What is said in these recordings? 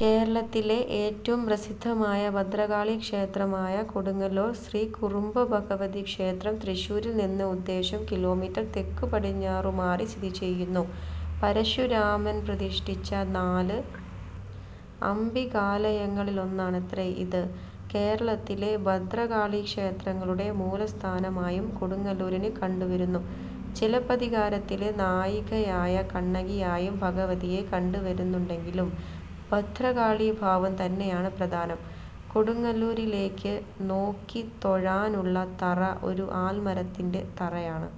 കേരളത്തിലെ ഏറ്റവും പ്രസിദ്ധമായ ഭദ്രകാളിക്ഷേത്രമായ കൊടുങ്ങല്ലൂർ ശ്രീ കുരുംബഭഗവതിക്ഷേത്രം തൃശ്ശൂരിൽ നിന്ന് ഉദ്ദേശം കിലോമീറ്റർ തെക്കുപടിഞ്ഞാറുമാറി സ്ഥിതിചെയ്യുന്നു. പരശുരാമൻ പ്രതിഷ്ഠിച്ച നാല് അംബികാലയങ്ങളിലൊന്നാണത്രേ ഇത്. കേരളത്തിലെ ഭദ്രകാളീക്ഷേത്രങ്ങളുടെ മൂലസ്ഥാനമായും കൊടുങ്ങല്ലൂരിനെ കണ്ടുവരുന്നു. ചിലപ്പതികാരത്തിലെ നായികയായ കണ്ണകിയായും ഭഗവതിയെ കണ്ടുവരുന്നുണ്ടെങ്കിലും ഭദ്രകാളീഭാവം തന്നെയാണ് പ്രധാനം. കൊടുങ്ങല്ലരിലേയ്ക്ക് നോക്കിത്തൊഴാനുള്ള തറ ഒരു ആൽമരത്തിന്റെ തറയാണ്.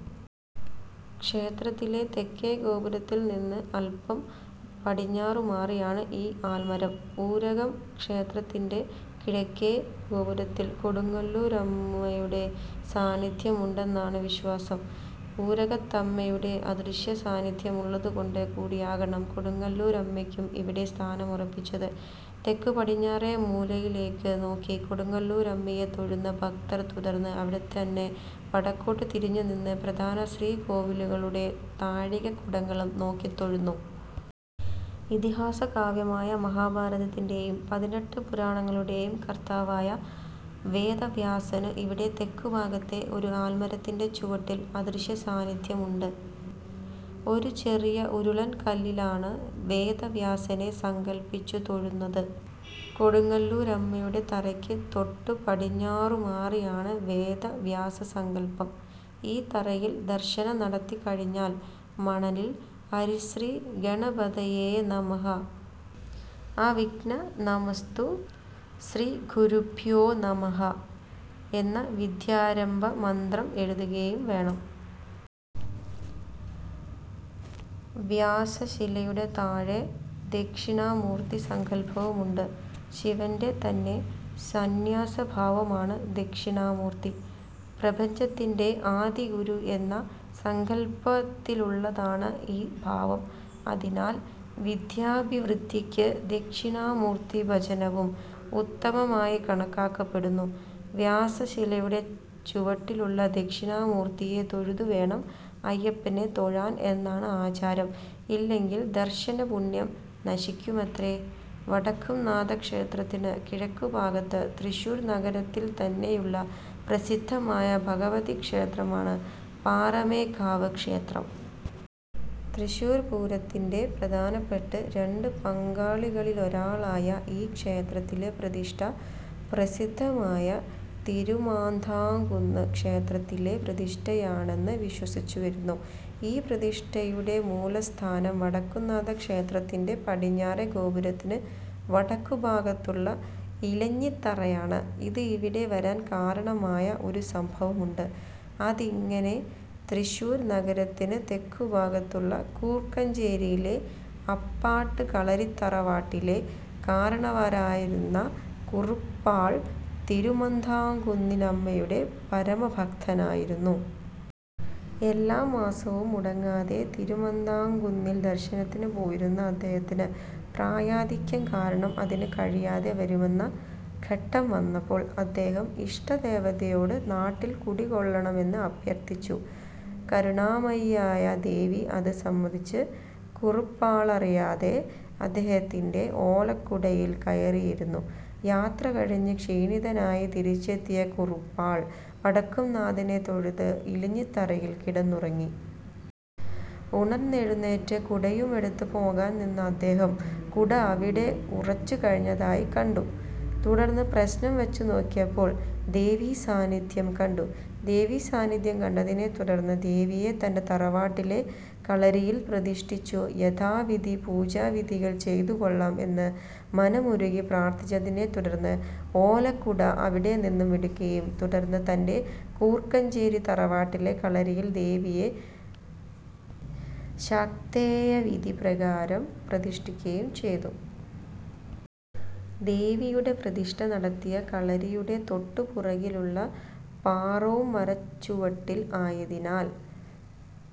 ക്ഷേത്രത്തിലെ തെക്കേ ഗോപുരത്തിൽനിന്ന് അല്പം പടിഞ്ഞാറുമാറിയാണ് ഈ ആൽമരം. ഊരകം ക്ഷേത്രത്തിന്റെ കിഴക്കേ ഗോപുരത്തിൽ കൊടുങ്ങല്ലൂരമ്മയുടെ സാന്നിദ്ധ്യമുണ്ടെന്നാണ് വിശ്വാസം. ഊരകത്തമ്മയുടെ അദൃശ്യസാന്നിദ്ധ്യമുള്ളതുകൊണ്ട് കൂടിയാകണം കൊടുങ്ങല്ലൂരമ്മയ്ക്കും ഇവിടെ സ്ഥാനം ഉറപ്പിച്ചത്. തെക്കുപടിഞ്ഞാറേമൂലയിലേയ്ക്കുനോക്കി കൊടുങ്ങല്ലൂരമ്മയെ തൊഴുന്ന ഭക്തർ തുടർന്ന് അവിടെത്തന്നെ വടക്കോട്ട് തിരിഞ്ഞുനിന്ന് പ്രധാന ശ്രീകോവിലുകളുടെ താഴികക്കുടങ്ങളും നോക്കിത്തൊഴുന്നു. ഇതിഹാസകാവ്യമായ മഹാഭാരതത്തിന്റെയും പതിനെട്ട് പുരാണങ്ങളുടെയും കർത്താവായ വേദവ്യാസന് ഇവിടെ തെക്കുഭാഗത്തെ ഒരു ആൽമരത്തിന്റെ ചുവട്ടിൽ അദൃശ്യസാന്നിദ്ധ്യമുണ്ട്. ഒരു ചെറിയ ഉരുളൻകല്ലിലാണ് വേദവ്യാസനെ സങ്കല്പിച്ചുതൊഴുന്നത്. കൊടുങ്ങല്ലൂരമ്മയുടെ തറയ്ക്ക് തൊട്ടുപടിഞ്ഞാറുമാറിയാണ് വേദവ്യാസസങ്കല്പം. ഈ തറയിൽ ദർശനം നടത്തിക്കഴിഞ്ഞാൽ മണലിൽ 'ഹരിശ്രീ ഗണപതയേ നമഃ അവിഘ്നമസ്തു ശ്രീ ഗുരുഭ്യോ നമഃ' എന്ന വിദ്യാരംഭമന്ത്രം എഴുതുകയും വേണം. വ്യാസശിലയുടെ താഴെ ദക്ഷിണാമൂർത്തിസങ്കല്പവുമുണ്ട്. ശിവന്റെ തന്നെ സന്യാസഭാവമാണ് ദക്ഷിണാമൂർത്തി. പ്രപഞ്ചത്തിന്റെ ആദിഗുരു എന്ന സങ്കല്പത്തിലുള്ളതാണ് ഈ ഭാവം. അതിനാൽ വിദ്യാഭിവൃദ്ധിയ്ക്ക് ദക്ഷിണാമൂർത്തിഭജനവും ഉത്തമമായി കണക്കാക്കപ്പെടുന്നു. വ്യാസശിലയുടെ ചുവട്ടിലുള്ള ദക്ഷിണാമൂർത്തിയെ തൊഴുതുവേണം അയ്യപ്പനെ തൊഴാൻ എന്നാണ് ആചാരം. ഇല്ലെങ്കിൽ ദർശനപുണ്യം നശിയ്ക്കുമത്രേ! വടക്കുംനാഥക്ഷേത്രത്തിന് കിഴക്കുഭാഗത്ത് തൃശ്ശൂർ നഗരത്തിൽത്തന്നെയുള്ള പ്രസിദ്ധമായ ഭഗവതിക്ഷേത്രമാണ് പാറമേക്കാവ് ക്ഷേത്രം. തൃശ്ശൂർ പൂരത്തിന്റെ പ്രധാനപ്പെട്ട് രണ്ട് പങ്കാളികളിലൊരാളായ ഈ ക്ഷേത്രത്തിലെ പ്രതിഷ്ഠ പ്രസിദ്ധമായ തിരുമാന്ധാംകുന്ന് ക്ഷേത്രത്തിലെ പ്രതിഷ്ഠയാണെന്ന് വിശ്വസിച്ചുവരുന്നു. ഈ പ്രതിഷ്ഠയുടെ മൂലസ്ഥാനം വടക്കുന്നാഥക്ഷേത്രത്തിന്റെ പടിഞ്ഞാറേ ഗോപുരത്തിന് വടക്കുഭാഗത്തുള്ള ഇലഞ്ഞിത്തറയാണ്. ഇത് ഇവിടെ വരാൻ കാരണമായ ഒരു സംഭവമുണ്ട്. അതിങ്ങനെ: തൃശ്ശൂർ നഗരത്തിന് തെക്കുഭാഗത്തുള്ള കൂർക്കഞ്ചേരിയിലെ അപ്പാട്ട് കളരിത്തറവാട്ടിലെ കാരണവരായിരുന്ന കുറുപ്പാൾ തിരുമാന്ധാംകുന്നിലമ്മയുടെ പരമഭക്തനായിരുന്നു. എല്ലാമാസവും മുടങ്ങാതെ തിരുമാന്ധാംകുന്നിൽ ദർശനത്തിനുപോയിരുന്ന അദ്ദേഹത്തിന് പ്രായാധിക്യം കാരണം അതിന് കഴിയാതെ വരുമെന്ന ഘട്ടം വന്നപ്പോൾ അദ്ദേഹം ഇഷ്ടദേവതയോട് നാട്ടിൽ കുടികൊള്ളണമെന്ന് അഭ്യർത്ഥിച്ചു. കരുണാമയിയായ ദേവി അത് സമ്മതിച്ച് കുറുപ്പാളറിയാതെ അദ്ദേഹത്തിന്റെ ഓലക്കുടയിൽ കയറിയിരുന്നു. യാത്രകഴിഞ്ഞ് ക്ഷീണിതനായി തിരിച്ചെത്തിയ കുറുപ്പാൾ വടക്കുംനാഥനെ തൊഴുത് ഇലഞ്ഞിത്തറയിൽ കിടന്നുറങ്ങി. ഉണർന്നെഴുന്നേറ്റ് കുടയുമെടുത്ത് പോകാൻ നിന്ന അദ്ദേഹം കുട അവിടെ ഉറച്ചുകഴിഞ്ഞതായി കണ്ടു. തുടർന്ന് പ്രശ്നം വച്ചുനോക്കിയപ്പോൾ ദേവീസാന്നിദ്ധ്യം കണ്ടു. ദേവീ സാന്നിധ്യം കണ്ടതിനെ തുടർന്ന് ദേവിയെ തന്റെ തറവാട്ടിലെ കളരിയിൽ പ്രതിഷ്ഠിച്ചു യഥാവിധി പൂജാവിധികൾ ചെയ്തു കൊള്ളാം എന്ന് മനമുരുകി പ്രാർത്ഥിച്ചതിനെ തുടർന്ന് ഓലക്കുട അവിടെ നിന്നും എടുക്കുകയും തുടർന്ന് തന്റെ കൂർക്കഞ്ചേരി തറവാട്ടിലെ കളരിയിൽ ദേവിയെ ശാക്തേയവിധി പ്രകാരം പ്രതിഷ്ഠിയ്ക്കുകയും ചെയ്തു. ദേവിയുടെ പ്രതിഷ്ഠ നടത്തിയ കളരിയുടെ തൊട്ടു പുറകിലുള്ള പാറോം മരച്ചുവട്ടിൽ ആയതിനാൽ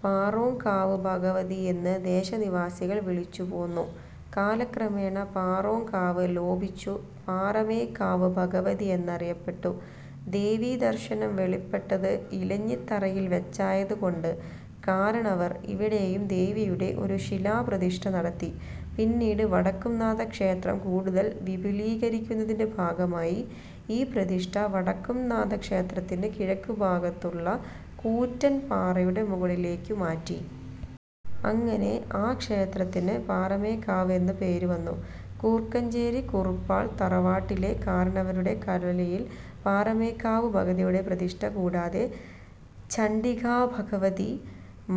പാറോംകാവ് ഭഗവതി എന്ന് ദേശനിവാസികൾ വിളിച്ചു പോന്നു. കാലക്രമേണ പാറോംകാവ് ലോഭിച്ചു പാറമേക്കാവ് ഭഗവതി എന്നറിയപ്പെട്ടു. ദേവീദർശനം വെളിപ്പെട്ടത് ഇലഞ്ഞിത്തറയിൽ വെച്ചായത് കൊണ്ട് കാരണവർ ഇവിടെയും ദേവിയുടെ ഒരു ശിലാപ്രതിഷ്ഠ നടത്തി. പിന്നീട് വടക്കുംനാഥ ക്ഷേത്രം കൂടുതൽ വിപുലീകരിക്കുന്നതിന്റെ ഭാഗമായി ഈ പ്രതിഷ്ഠ വടക്കുംനാഥക്ഷേത്രത്തിന് കിഴക്കുഭാഗത്തുള്ള കൂറ്റൻ പാറയുടെ മുകളിലേയ്ക്കുമാറ്റി. അങ്ങനെ ആ ക്ഷേത്രത്തിന് പാറമേക്കാവ് എന്ന പേരുവന്നു. കൂർക്കഞ്ചേരി കുറുപ്പാൾ തറവാട്ടിലെ കാരണവരുടെ കളരിയിൽ പാറമേക്കാവ് ഭഗവതിയുടെ പ്രതിഷ്ഠ കൂടാതെ ചണ്ഡികാഭഗവതി,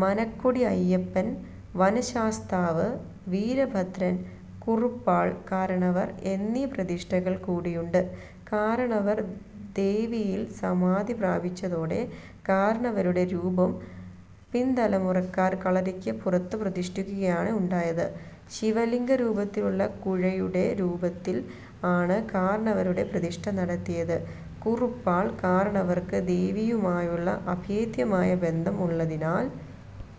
മനക്കൊടി അയ്യപ്പൻ, വനശാസ്താവ്, വീരഭദ്രൻ, കുറുപ്പാൾ കാരണവർ എന്നീ പ്രതിഷ്ഠകൾ കൂടിയുണ്ട്. കാരണവർ ദേവിയിൽ സമാധി പ്രാപിച്ചതോടെ കാരണവരുടെ രൂപം പിന്തലമുറക്കാർ കളരിക്ക് പുറത്ത് പ്രതിഷ്ഠിക്കുകയാണ് ഉണ്ടായത്. ശിവലിംഗരൂപത്തിലുള്ള കുഴയുടെ രൂപത്തിൽ ആണ് കാരണവരുടെ പ്രതിഷ്ഠ നടത്തിയത്. കുറുപ്പാൾ കാരണവർക്ക് ദേവിയുമായുള്ള അഭേദ്ധ്യമായ ബന്ധം ഉള്ളതിനാൽ